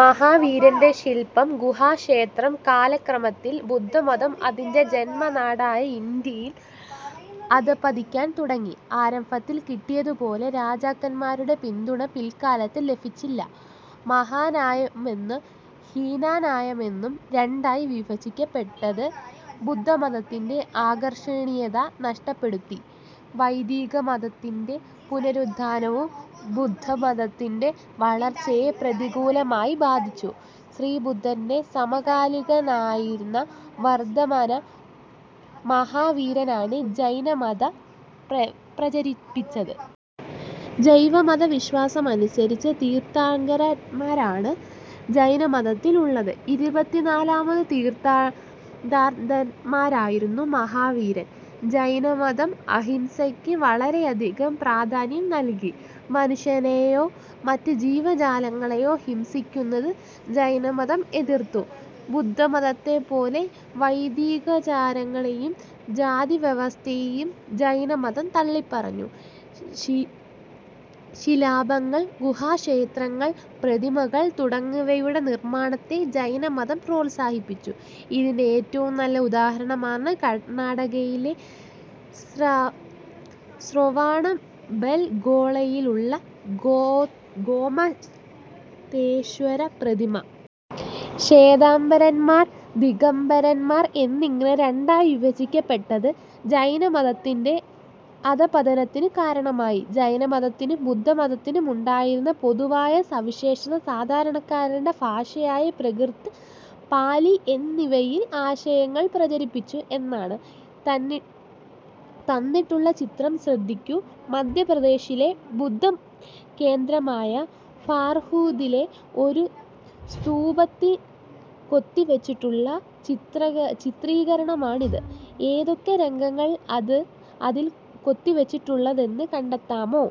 മഹാവീരന്റെ ശിൽപം. ഗുഹാക്ഷേത്രം. കാലക്രമത്തിൽ ബുദ്ധമതം അതിന്റെ ജന്മനാടായ ഇന്ത്യയിൽ അധപ്പതിക്കാൻ തുടങ്ങി. ആരംഭത്തിൽ കിട്ടിയതുപോലെ രാജാക്കന്മാരുടെ പിന്തുണ പിൽക്കാലത്ത് ലഭിച്ചില്ല. മഹായാനമെന്നും ഹീനയാനമെന്നും രണ്ടായി വിഭജിക്കപ്പെട്ടത് ബുദ്ധമതത്തിന്റെ ആകർഷണീയത നഷ്ടപ്പെടുത്തി. വൈദികമതത്തിന്റെ പുനരുത്ഥാനവും ബുദ്ധ മതത്തിന്റെ വളർച്ചയെ പ്രതികൂലമായി ബാധിച്ചു. ശ്രീബുദ്ധന്റെ സമകാലികനായിരുന്ന വർദ്ധമാന മഹാവീരനാണ് ജൈനമതം പ്രചരിപ്പിച്ചത്. ജൈനമതവിശ്വാസമനുസരിച്ച് തീർത്ഥങ്കരന്മാരാണ് ജൈനമതത്തിനുള്ളത്. ഇരുപത്തിനാലാമത്തെ തീർത്ഥങ്കരനായിരുന്നു മഹാവീരൻ. ജൈനമതം അഹിംസയ്ക്ക് വളരെയധികം പ്രാധാന്യം നൽകി. മനുഷ്യനെയോ മറ്റ് ജീവജാലങ്ങളെയോ ഹിംസിക്കുന്നത് ജൈനമതം എതിർത്തു. ബുദ്ധമതത്തെപ്പോലെ വൈദികാചാരങ്ങളെയും ജാതിവ്യവസ്ഥയെയും ജൈനമതം തള്ളിപ്പറഞ്ഞു. ശിലാപങ്ങൾ, ഗുഹാ ക്ഷേത്രങ്ങൾ, പ്രതിമകൾ തുടങ്ങിയവയുടെ നിർമാണത്തെ ജൈന മതം പ്രോത്സാഹിപ്പിച്ചു. ഇതിന്റെ ഏറ്റവും നല്ല ഉദാഹരണമാണ് കർണാടകയിലെ ശ്രാവണബെൽഗോളയിലുള്ള ഗോമതേശ്വര പ്രതിമ. ശ്വേതംബരന്മാർ, ദിഗംബരന്മാർ എന്നിങ്ങനെ രണ്ടായി വിഭജിക്കപ്പെട്ടത് ജൈനമതത്തിന്റെ അധപ്പതനത്തിന് കാരണമായി. ജൈനമതത്തിനും ബുദ്ധമതത്തിനും ഉണ്ടായിരുന്ന പൊതുവായ സവിശേഷത സാധാരണക്കാരന്റെ ഭാഷയായ പ്രാകൃത്, പാലി എന്നിവയിൽ ആശയങ്ങൾ പ്രചരിപ്പിച്ചു എന്നതാണ്. തന്നിട്ടുള്ള ചിത്രം ശ്രദ്ധിക്കൂ. മധ്യപ്രദേശിലെ ബുദ്ധ കേന്ദ്രമായ ഭാർഹുതിലെ ഒരു സ്തൂപത്തിൽ കൊത്തിവച്ചിട്ടുള്ള ചിത്രീകരണമാണിത്. ഏതൊക്കെ രംഗങ്ങളാണ് അതിൽ കൊത്തിവച്ചിട്ടുള്ളതെന്ന് കണ്ടത്താമോ?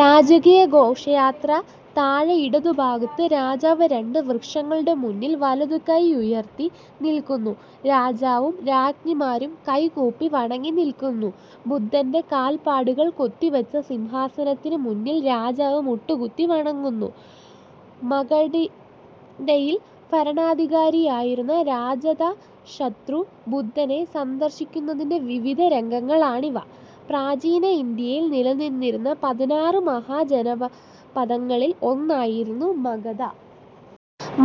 രാജകീയ ഘോഷയാത്ര താഴെ ഇടതുഭാഗത്ത് രാജാവ് രണ്ട് വൃക്ഷങ്ങളുടെ മുന്നിൽ വലതുകൈ ഉയർത്തി നിൽക്കുന്നു. രാജാവും രാജ്ഞിമാരും കൈകൂപ്പി വണങ്ങി നിൽക്കുന്നു.. ബുദ്ധന്റെ കാൽപ്പാടുകൾ കൊത്തിവച്ച സിംഹാസനത്തിന് മുന്നിൽ രാജാവ് മുട്ടുകുത്തി വണങ്ങുന്നു.. മഗധയിലെ ഭരണാധികാരിയായിരുന്ന അജാതശത്രു ബുദ്ധനെ സന്ദർശിക്കുന്നതിന്റെ വിവിധ രംഗങ്ങളാണിവ. പ്രാചിന ഇന്ത്യയിൽ നിലനിന്നിരുന്ന പതിനാറ് മഹാജനപദങ്ങളിൽ ഒന്നായിരുന്നു മഗധ.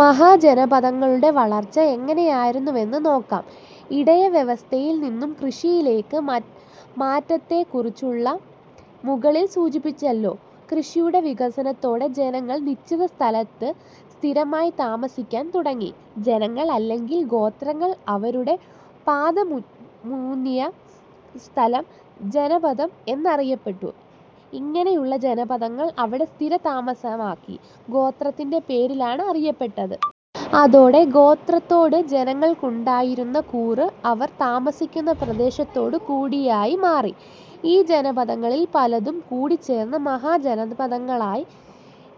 മഹാജനപദങ്ങളുടെ വളർച്ച എങ്ങനെയായിരുന്നുവെന്ന് നോക്കാം. ഇടയവ്യവസ്ഥയിൽ നിന്നും കൃഷിയിലേക്കുള്ള മാറ്റത്തെക്കുറിച്ച് മുകളിൽ സൂചിപ്പിച്ചല്ലോ. കൃഷിയുടെ വികാസത്തോടെ ജനങ്ങൾ നിശ്ചിത സ്ഥലത്ത് സ്ഥിരമായി താമസിക്കാൻ തുടങ്ങി. ജനങ്ങൾ അല്ലെങ്കിൽ ഗോത്രങ്ങൾ അവരുടെ പാദമൂന്നിയ സ്ഥലം ജനപദം എന്നറിയപ്പെട്ടു. ഇങ്ങനെയുള്ള ജനപദങ്ങൾ അവിടെ സ്ഥിരതാമസമാക്കിയ ഗോത്രത്തിന്റെ പേരിലാണ് അറിയപ്പെട്ടത്. അതോടെ ഗോത്രത്തോട് ജനങ്ങൾക്കുണ്ടായിരുന്ന കൂറ് അവർ താമസിക്കുന്ന പ്രദേശത്തോടും കൂടിയായി മാറി. ഈ ജനപദങ്ങളിൽ പലതും കൂടിച്ചേർന്ന് മഹാജനപദങ്ങളായി.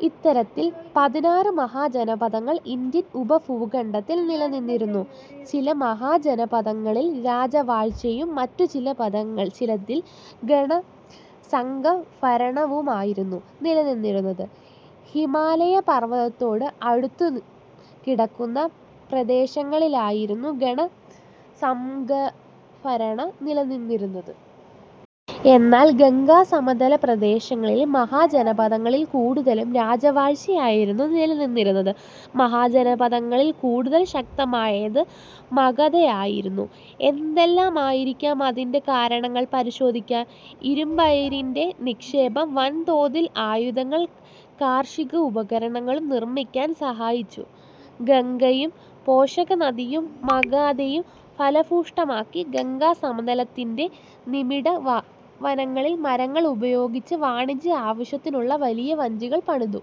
ഇത്തരത്തിൽ പതിനാറ് മഹാജനപദങ്ങൾ ഇന്ത്യൻ ഉപഭൂഖണ്ഡത്തിൽ നിലനിന്നിരുന്നു. ചില മഹാജനപദങ്ങളിൽ രാജവാഴ്ചയും മറ്റു ചിലതിൽ ഗണസംഘഭരണവുമായിരുന്നു നിലനിന്നിരുന്നത്. ഹിമാലയ പർവതത്തോട് അടുത്തുകിടക്കുന്ന പ്രദേശങ്ങളിലായിരുന്നു ഗണ സംഘഭരണം നിലനിന്നിരുന്നത്. എന്നാൽ ഗംഗാസമതല പ്രദേശങ്ങളിലെ മഹാജനപദങ്ങളിൽ കൂടുതലും രാജവാഴ്ചയായിരുന്നു നിലനിന്നിരുന്നത്. മഹാജനപദങ്ങളിൽ കൂടുതൽ ശക്തമായത് മഗധയായിരുന്നു. എന്തെല്ലാമായിരിക്കാം അതിന്റെ കാരണങ്ങൾ? പരിശോധിക്കാം. ഇരുമ്പയിരിന്റെ നിക്ഷേപം വൻതോതിൽ ആയുധങ്ങളും കാർഷിക ഉപകരണങ്ങളും നിർമിക്കാൻ സഹായിച്ചു. ഗംഗയും പോഷകനദികളും മഗധയെ ഫലഭൂയിഷ്ഠമാക്കി. ഗംഗാസമതലത്തിലെ നിബിഡ വനങ്ങളിലെ മരങ്ങൾ ഉപയോഗിച്ച് വാണിജ്യ ആവശ്യത്തിനുള്ള വലിയ വഞ്ചികൾ പണിതു.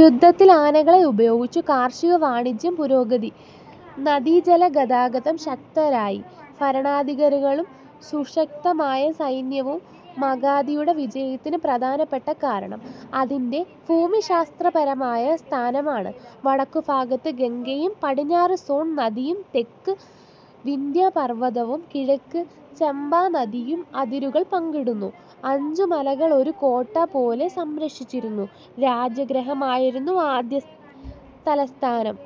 യുദ്ധത്തിൽ ആനകളെ ഉപയോഗിച്ചു. കാർഷിക-വാണിജ്യ പുരോഗതി. നദീജലഗതാഗതം. ശക്തരായ ഭരണാധികാരികളും സുശക്തമായ സൈന്യവും. മഗധയുടെ വിജയത്തിന്റെ പ്രധാനപ്പെട്ട കാരണം അതിന്റെ ഭൂമിശാസ്ത്രപരമായ സ്ഥാനമാണ്. വടക്കുഭാഗത്ത് ഗംഗയും പടിഞ്ഞാറ് സോൺ നദിയും തെക്ക് വിന്ധ്യാപർവതവും കിഴക്ക് ചമ്പാനദിയും അതിരുകൾ പങ്കിടുന്നു. അഞ്ചു മലകൾ ഒരു കോട്ട പോലെ സംരക്ഷിച്ചിരുന്ന രാജഗൃഹമായിരുന്നു ആദ്യതലസ്ഥാനം.